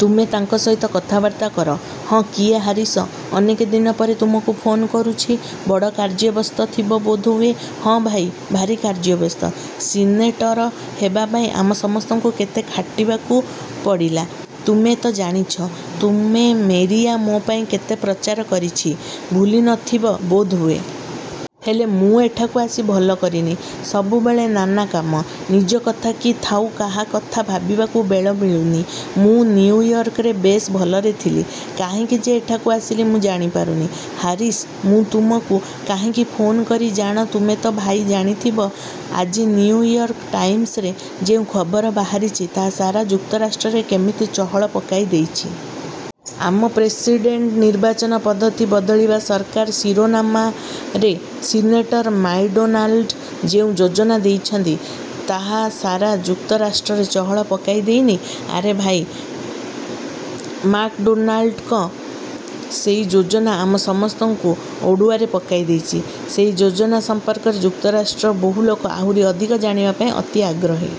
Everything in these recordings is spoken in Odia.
ତୁମେ ତାଙ୍କ ସହିତ କଥାବାର୍ତ୍ତା କର। ହଁ କିଏ ହାରିସ, ଅନେକ ଦିନ ପରେ ତୁମକୁ ଫୋନ୍ କରୁଛି। ବଡ଼ କାର୍ଯ୍ୟବ୍ୟସ୍ତ ଥିବ ବୋଧହୁଏ। ହଁ ଭାଇ, ଭାରି କାର୍ଯ୍ୟବ୍ୟସ୍ତ। ସିନେଟର ହେବାପାଇଁ ଆମ ସମସ୍ତଙ୍କୁ କେତେ ଖାଟିବାକୁ ପଡ଼ିଲା, ତୁମେ ତ ଜାଣିଛ। ତୁମେ, ମେରିଆ ମୋ ପାଇଁ କେତେ ପ୍ରଚାର କରିଛି, ଭୁଲି ନ ଥିବ ବୋଧହୁଏ। ହେଲେ ମୁଁ ଏଠାକୁ ଆସି ଭଲ କରିନି। ସବୁବେଳେ ନାନା କାମ। ନିଜ କଥା କି ଥାଉ କାହା କଥା ଭାବିବାକୁ ବେଳ ମିଳୁନି। ମୁଁ ନିଉୟର୍କରେ ବେଶ ଭଲରେ ଥିଲି। କାହିଁକି ଯେ ଏଠାକୁ ଆସିଲି, ମୁ ଜାଣି ପାରୁନି। ହାରିସ୍, ମୁଁ ତୁମକୁ କାହିଁକି ଫୋନ୍ କରି ଜାଣ' ତୁମେ ତ ଭାଇ ଜାଣି ଥିବ ଆଜିନିଉୟର୍କ ଟାଇମସରେ ଯେଉଁ ଖବର ବାହାରିଛି, ତାହା ସାରା ଯୁକ୍ତରାଷ୍ଟ୍ରରେ କେମିତି ଚହଳ ପକାଇ ଦେଇଛି। ଆମ ପ୍ରେସିଡେଣ୍ଟନିର୍ବାଚନ ପଦ୍ଧତି ବଦଳିବା ସରକାର,' ଶିରୋନାମାରେ ସିନେଟର ମାକଡୋନାଲଡ୍ ଯେଉଁ ଯୋଜନା ଦେଇଛନ୍ତି, ତାହା ସାରା ଯୁକ୍ତରାଷ୍ଟ୍ରରେ ଚହଳ ପକାଇ ଦେଇନି? ଆରେ ଭାଇ, ମାକଡୋନାଲ୍ଡଙ୍କ ସେହି ଯୋଜନା ଆମ ସମସ୍ତଙ୍କୁ ଅଡ଼ୁଆରେ ପକାଇ ଦେଇଛି। ସେଇ ଯୋଜନା ସମ୍ପର୍କରେ ଯୁକ୍ତରାଷ୍ଟ୍ରର ବହୁ ଲୋକ ଆହୁରି ଅଧିକ ଜାଣିବା ପାଇଁ ଅତି ଆଗ୍ରହୀ।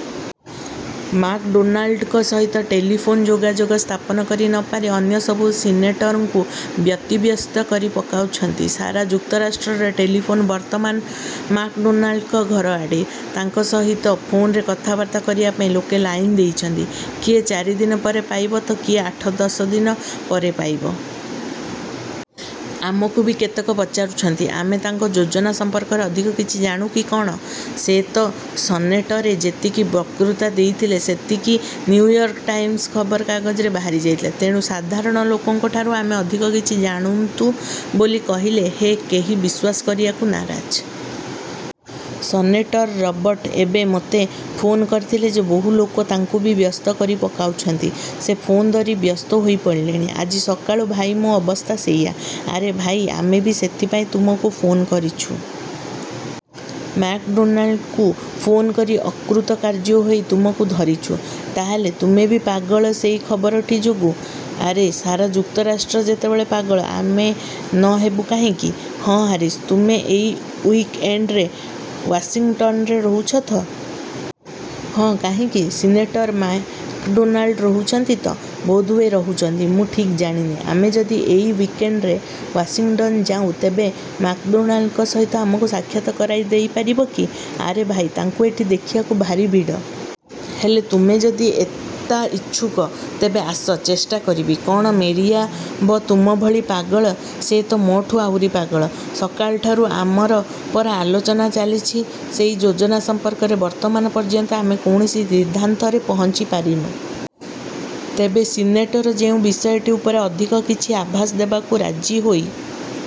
ମାକଡୋନାଲ୍ଡଙ୍କ ସହିତ ଟେଲିଫୋନ୍ ଯୋଗାଯୋଗ ସ୍ଥାପନ କରି ନପାରି ଅନ୍ୟ ସବୁ ସିନେଟରଙ୍କୁ ବ୍ୟତିବ୍ୟସ୍ତ କରି ପକାଉଛନ୍ତି। ସାରା ଯୁକ୍ତରାଷ୍ଟ୍ରର ଟେଲିଫୋନ୍ ବର୍ତ୍ତମାନ ମାକ ଡୋନାଲ୍ଡଙ୍କ ଘର ଆଡ଼େ। ତାଙ୍କ ସହିତ ଫୋନରେ କଥାବାର୍ତ୍ତା କରିବା ପାଇଁ ଲୋକେ ଲାଇନ୍ ଦେଇଛନ୍ତି। କିଏ ଚାରିଦିନ ପରେ ପାଇବ ତ କିଏ ଆଠଦଶ ଦିନ ପରେ ପାଇବ। ଆମକୁ ବି କେତେକ ପଚାରୁଛନ୍ତି, ଆମେ ତାଙ୍କ ଯୋଜନା ସମ୍ପର୍କରେ ଅଧିକ କିଛି ଜାଣୁ କି' କ'ଣ? ସେ ତ ସନେଟରେ ଯେତିକି ବକୃତା ଦେଇଥିଲେ ସେତିକି ନିଉୟର୍କ ଟାଇମସ୍ ଖବର କାଗଜରେ ବାହାରି ଯାଇଥିଲା। ତେଣୁ ସାଧାରଣ ଲୋକଙ୍କଠାରୁ ଆମେ ଅଧିକ କିଛି ଜାଣୁନ୍ତୁ ବୋଲି କହିଲେ ହେ କେହି ବିଶ୍ୱାସ କରିବାକୁ ନାରାଜ। ସନେଟର୍ ରବର୍ଟ ଏବେ ମୋତେ ଫୋନ୍ କରିଥିଲେ ଯେ ବହୁ ଲୋକ ତାଙ୍କୁ ବି ବ୍ୟସ୍ତ କରି ପକାଉଛନ୍ତି। ସେ ଫୋନ୍ ଧରି ଧରି ବ୍ୟସ୍ତ ହୋଇ ପଡ଼ିଲେଣି। ଆଜି ସକାଳୁ ଭାଇ ମୋ ଅବସ୍ଥା ସେଇଆ। ' 'ଆରେ ଭାଇ, ଆମେ ବି ସେଥିପାଇଁ ତୁମକୁ ଫୋନ୍ କରିଛୁ। ମାକ୍ଡୋନାଲଡଙ୍କୁ ଫୋନ୍ କରି ଅକୃତକାର୍ଯ୍ୟ ହୋଇ ତୁମକୁ ଧରିଛୁ। ତା ହେଲେ ତୁମେ ବି ପାଗଳ ସେଇ ଖବରଟି ଯୋଗୁଁ। ଆରେ, ସାରା ଯୁକ୍ତରାଷ୍ଟ୍ର ଯେତେବେଳେ ପାଗଳ, ଆମେ ନ ହେବୁ କାହିଁକି? ହଁ, ହାରିସ୍, ତୁମେ ଏଇ ଉଇକ୍ ଏଣ୍ଡରେ ୱାସିଙ୍ଗଟନ୍ରେ ରହୁଛ ତ? ହଁ, କାହିଁକି? ସିନେଟର୍ ମାକଡୋନାଲଡ୍ ରହୁଛନ୍ତି ତ? ବୋଧେ ହୁଏ, ରହୁଛନ୍ତି, ମୁଁ ଠିକ୍ ଜାଣିନି। ଆମେ ଯଦି ଏଇ ଉଇକଏଣ୍ଡରେ ୱାସିଙ୍ଗଟନ୍ ଯାଉଁ ତେବେ ମାକଡୋନଲ୍ଡଙ୍କ ସହିତ ଆମକୁ ସାକ୍ଷାତ କରାଇ ଦେଇ ପାରିବ କି? 'ଆରେ ଭାଇ, ତାଙ୍କୁ ଏଠି ଦେଖିବାକୁ ଭାରି ଭିଡ଼। ହେଲେ ତୁମେ ଯଦି ଏତା ଇଛୁକ, ତେବେ ଆସ, ଚେଷ୍ଟା କରିବି। କ'ଣ ମେରିଆ ବ ତୁମ ଭଳି ପାଗଳ? ସେ ତ ମୋଠୁ ଆହୁରି ପାଗଳ। ସକାଳଠାରୁ ଆମର ପରା ଆଲୋଚନା ଚାଲିଛି, ସେହି ଯୋଜନା ସମ୍ପର୍କରେ। ବର୍ତ୍ତମାନ ପର୍ଯ୍ୟନ୍ତ ଆମେ କୌଣସି ସିଦ୍ଧାନ୍ତରେ ପହଞ୍ଚି ପାରିନୁ। ତେବେ ସିନେଟର ଯେଉଁ ବିଷୟଟି ଉପରେ ଅଧିକ କିଛି ଆଭାଷ ଦେବାକୁ ରାଜି ହୋଇ